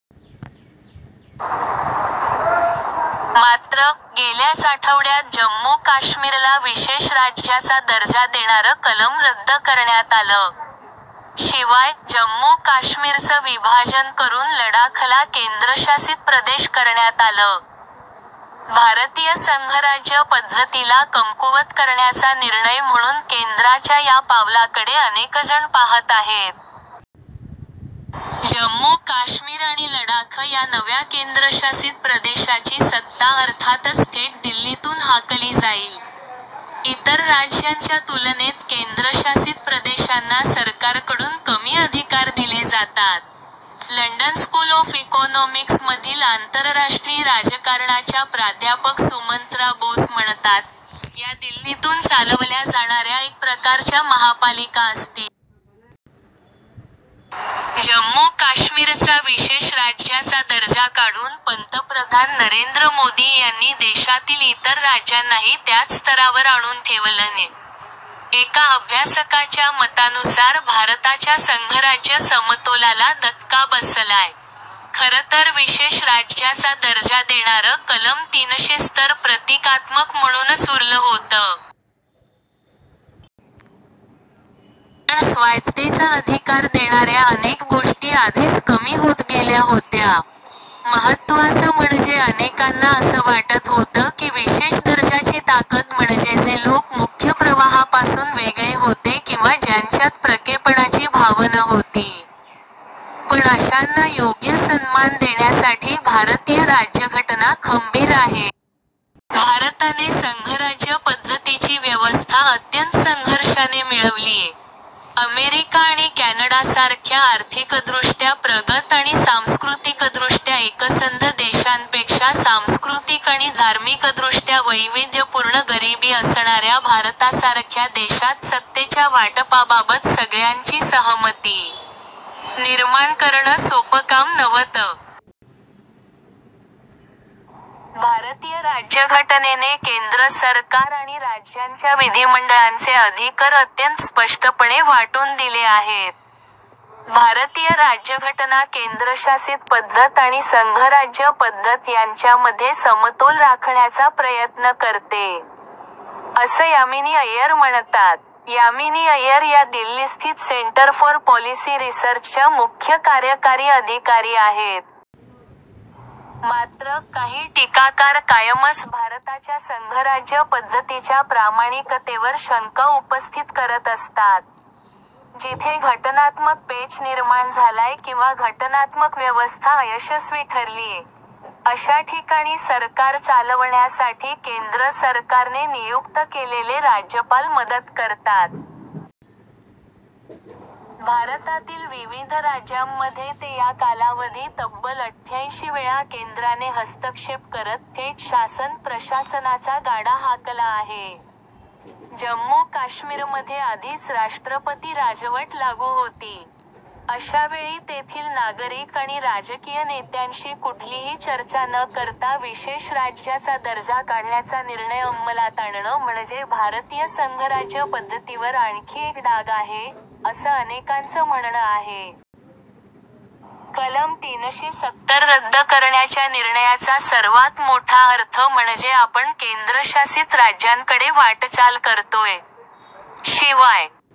मात्र, गेल्याच आठवड्यात जम्मू-काश्मीरला विशेष राज्याचा दर्जा देणारं कलम रद्द करण्यात आलं. शिवाय, जम्मू-काश्मीरचं विभाजन करून लडाखला केंद्रशासित प्रदेश करण्यात आलं. भारतीय संघराज्य पद्धतीला कमकुवत करण्याचा निर्णय म्हणून केंद्राच्या या पावलाकडे अनेकजण पाहत आहेत. जम्मू-काश्मीर आणि लडाख या नव्या केंद्रशासित प्रदेशाची सत्ता अर्थातच थेट दिल्लीतून हाकली जाईल. इतर राज्यांच्या तुलनेत केंद्रशासित प्रदेशांना सरकारकडून कमी अधिकार दिले जातात. लंडन स्कूल ऑफ इकॉनॉमिक्समधील आंतरराष्ट्रीय राजकारणाच्या प्राध्यापक सुमंत्रा बोस म्हणतात, या दिल्लीतून चालवल्या जाणाऱ्या एक प्रकारच्या महापालिका असतील. जम्मू-काश्मीरचा विशेष राज्याचा दर्जा काढून पंतप्रधान नरेंद्र मोदी यांनी देशातील इतर राज्यांनाही त्याच स्तरावर आणून ठेवलंय. एका अभ्यासकाच्या मतानुसार भारताच्या संघराज्य समतोलाला धक्का बसलाय. खरंतर विशेष राज्याचा दर्जा देणारं कलम तीनशे सतर प्रतिकात्मक म्हणूनच उरलं होतं. कारण स्वायत्ततेचा अधिकार देणाऱ्या अनेक गोष्टी आधीच कमी होत गेल्या होत्या. महत्त्वाचं म्हणजे अनेकांना असं वाटत होतं की विशेष दर्जाची ताकद म्हणजे जे लोक मुख्य प्रवाहापासून वेगळे होते किंवा ज्यांच्यात परकेपणाची भावना होती, पण अशांना योग्य सन्मान देण्यासाठी भारतीय राज्यघटना खंबीर आहे. भारताने संघराज्य पद्धतीची व्यवस्था अत्यंत संघर्षाने मिळवलीय. अमेरिका आणि कॅनडासारख्या आर्थिकदृष्ट्या प्रगत आणि सांस्कृतिकदृष्ट्या एकसंध देशांपेक्षा सांस्कृतिक आणि धार्मिकदृष्ट्या वैविध्यपूर्ण गरिबी असणाऱ्या भारतासारख्या देशात सत्तेच्या वाटपाबाबत सगळ्यांची सहमती निर्माण करणं सोपं काम नव्हतं. भारतीय राज्यघटनेने केंद्र सरकार आणि राज्यांच्या विधिमंडळांचे अधिकर अत्यंत स्पष्टपणे वाटून दिले आहेत. भारतीय राज्यघटना केंद्रशासित पद्धत आणि संघराज्य पद्धत यांच्यामध्ये समतोल राखण्याचा प्रयत्न करते, असं यामिनी अय्यर म्हणतात. यामिनी अय्यर या दिल्लीस्थित सेंटर फॉर पॉलिसी रिसर्चच्या मुख्य कार्यकारी अधिकारी आहेत. मात्र, काही टीकाकार कायमच भारताच्या संघराज्य पद्धतीच्या प्रामाणिकतेवर शंका उपस्थित करत असतात. जिथे घटनात्मक पेच निर्माण झालाय किंवा घटनात्मक व्यवस्था अयशस्वी ठरलीय, अशा ठिकाणी सरकार चालवण्यासाठी केंद्र सरकारने नियुक्त केलेले राज्यपाल मदत करतात. भारतातील विविध राज्यांमध्ये ते या कालावधी तब्बल अठ्ठ्याऐंशी वेळा केंद्राने हस्तक्षेप करत थेट शासन-प्रशासनाचा गाडा हाकला आहे. जम्मू-काश्मीरमध्ये आधीच राष्ट्रपती राजवट लागू होती. अशावेळी तेथील नागरिक आणि राजकीय नेत्यांशी कुठलीही चर्चा न करता विशेष राज्याचा दर्जा काढण्याचा निर्णय अंमलात आणणं म्हणजे भारतीय संघराज्य पद्धतीवर आणखी एक डाग आहे, असं अनेकांचं म्हणणं आहे. कलम तीनशे सत्तर रद्द करण्याच्या निर्णयाचा सर्वांत मोठा अर्थ म्हणजे आपण केंद्रशासित राज्यांकडे वाटचाल करतोय. शिवाय